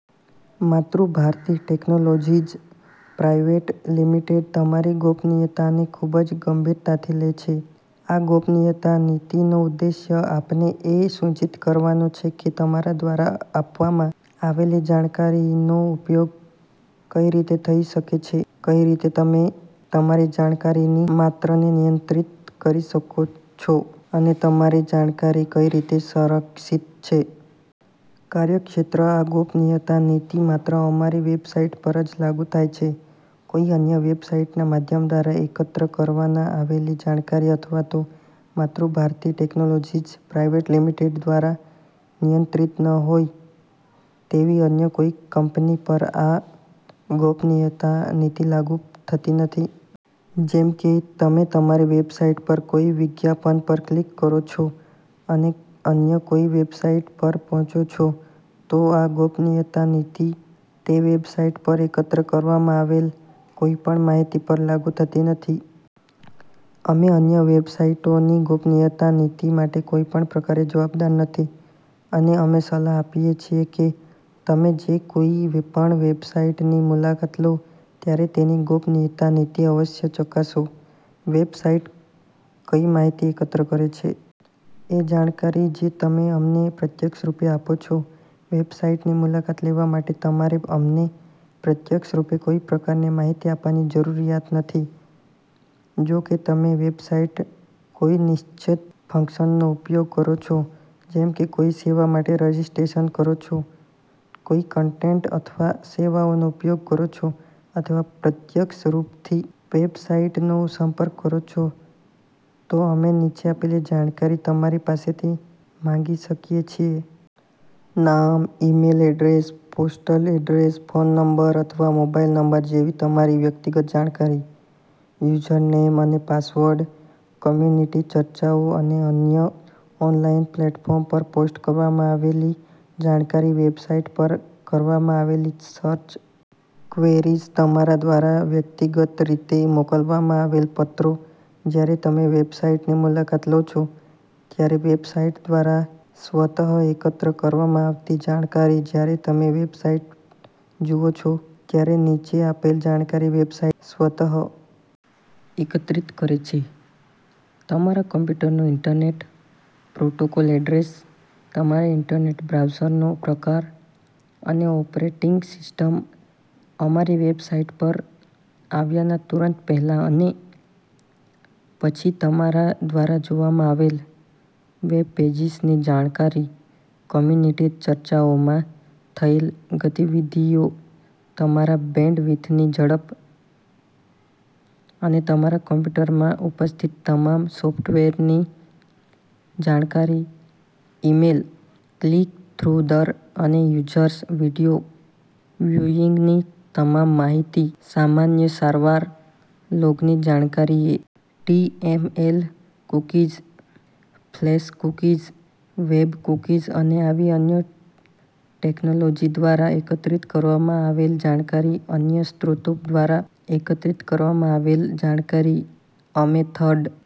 Matrubharti technologies private limited તમારી ગોપનીયતાને ખૂબ જ ગંભીરતાથી લે છે. આ ગોપનીયતા નીતિનો ઉદ્દેશ્ય આપને એ સૂચિત કરવાનો છે કે તમારા દ્વારા આપવામાં આવેલી જાણકારીનો ઉપયોગ કઈ રીતે થઇ શકે છે, કઈ રીતે તમે તમારી જાણકારીની માત્રને નિયંત્રિત કરી શકો છો, અને તમારી જાણકારી કઈ રીતે સંરક્ષિત છે. કાર્યક્ષેત્ર આ ગોપનીયતા નીતિ માત્ર અમારી વેબસાઈટ પર જ લાગુ થાય છે. કોઈ અન્ય વેબસાઈટના માધ્યમ દ્વારા એકત્ર કરવાના આવેલી જાણકારી અથવા તો માતૃભારતી ટેક્નૉલોજિઝ પ્રાઇવેટ લિમિટેડ દ્વારા નિયંત્રિત ન હોય તેવી અન્ય કોઈ કંપની પર આ ગોપનીયતા નીતિ લાગુ થતી નથી. જેમ કે, તમે અમારી વેબસાઈટ પર કોઈ વિજ્ઞાપન પર ક્લિક કરો છો અને અન્ય કોઈ વેબસાઈટ પર પહોંચો છો તો આ ગોપનીયતા નીતિ તે વેબસાઈટ પર એકત્ર કરવામાં આવેલ કોઈ પણ માહિતી પર લાગુ થતી નથી. અમે અન્ય વેબસાઈટોની ગોપનીયતા નીતી માટે કોઈ પણ પ્રકારે જવાબદાર નથી અને અમે સલાહ આપીએ છીએ કે તમે જે કોઈ પણ વેબસાઈટની મુલાકાત લો ત્યારે તેની ગોપનીયતા નીતિ અવશ્ય ચકાસો. વેબસાઈટ કઈ માહિતી એકત્ર કરે છે? એ જાણકારી જે તમે અમને પ્રત્યક્ષરૂપે આપો છો. વેબસાઈટની મુલાકાત લેવા માટે તમારે અમને પ્રત્યક્ષરૂપે કોઈ પ્રકારની માહિતી આપવાની જરૂરિયાત નથી. જો કે તમે વેબસાઈટ કોઈ નિશ્ચિત ફંક્શનનો ઉપયોગ કરો છો, જેમ કે કોઈ સેવા માટે રજિસ્ટ્રેશન કરો છો, કોઈ કન્ટેન્ટ અથવા સેવાનો ઉપયોગ કરો છો અથવા પ્રત્યક્ષ રૂપથી વેબસાઈટનો સંપર્ક કરો છો તો અમે નીચે આપેલી જાણકારી તમારી પાસેથી માંગી શકીએ છીએ. નામ, email address, postal address. Phone number અથવા મોબાઈલ નંબર જેવી તમારી વ્યક્તિગત જાણકારી. યુઝરનેમ અને પાસવર્ડ કમ્યુનિટી ચર્ચાઓ અને અન્ય ઓનલાઈન પ્લૅટફોર્મ પર પોસ્ટ કરવામાં આવેલી જાણકારી વેબસાઈટ પર કરવામાં આવેલી સર્ચ ક્વેરીઝ તમારા દ્વારા વ્યક્તિગત રીતે મોકલવામાં આવેલ પત્રો જયારે તમે વેબસાઈટની મુલાકાત લો છો ત્યારે વેબસાઈટ દ્વારા સ્વતઃ એકત્ર કરવામાં આવતી જાણકારી જયારે તમે વેબસાઈટ જુઓ છો ત્યારે નીચે આપેલ જાણકારી વેબસાઈટ સ્વતઃ એકત્રિત કરે છે: તમારા કમ્પ્યુટરનું ઈન્ટરનેટ પ્રોટોકોલ એડ્રેસ તમારા ઈન્ટરનેટ બ્રાઉઝરનો પ્રકાર અને ઓપરેટીંગ સિસ્ટમ અમારી વેબસાઈટ પર આવ્યાના તુરંત પહેલા અને પછી તમારા દ્વારા જોવામાં આવેલ વેબપેજીસની જાણકારી કમ્યુનિટી ચર્ચાઓમાં થયેલ ગતિવિધિઓ તમારા બેન્ડવિથની ઝડપ અને તમારા કમ્પ્યુટરમાં ઉપસ્થિત તમામ સોફ્ટવેરની જાણકારી ઈમેલ ક્લિક-થ્રુ દર અને યુઝર્સ વિડીયો વ્યુઈંગની તમામ માહિતી સામાન્ય સારવાર લોગની જાણકારી H. T. M. L cookies, flash cookies, web cookies અને આવી અન્ય ટેક્નૉલોજિ દ્વારા એકત્રિત કરવામાં આવેલ જાણકારી અન્ય સ્ત્રોતો દ્વારા એકત્રિત કરવામાં આવેલ જાણકારી અમે થર્ડ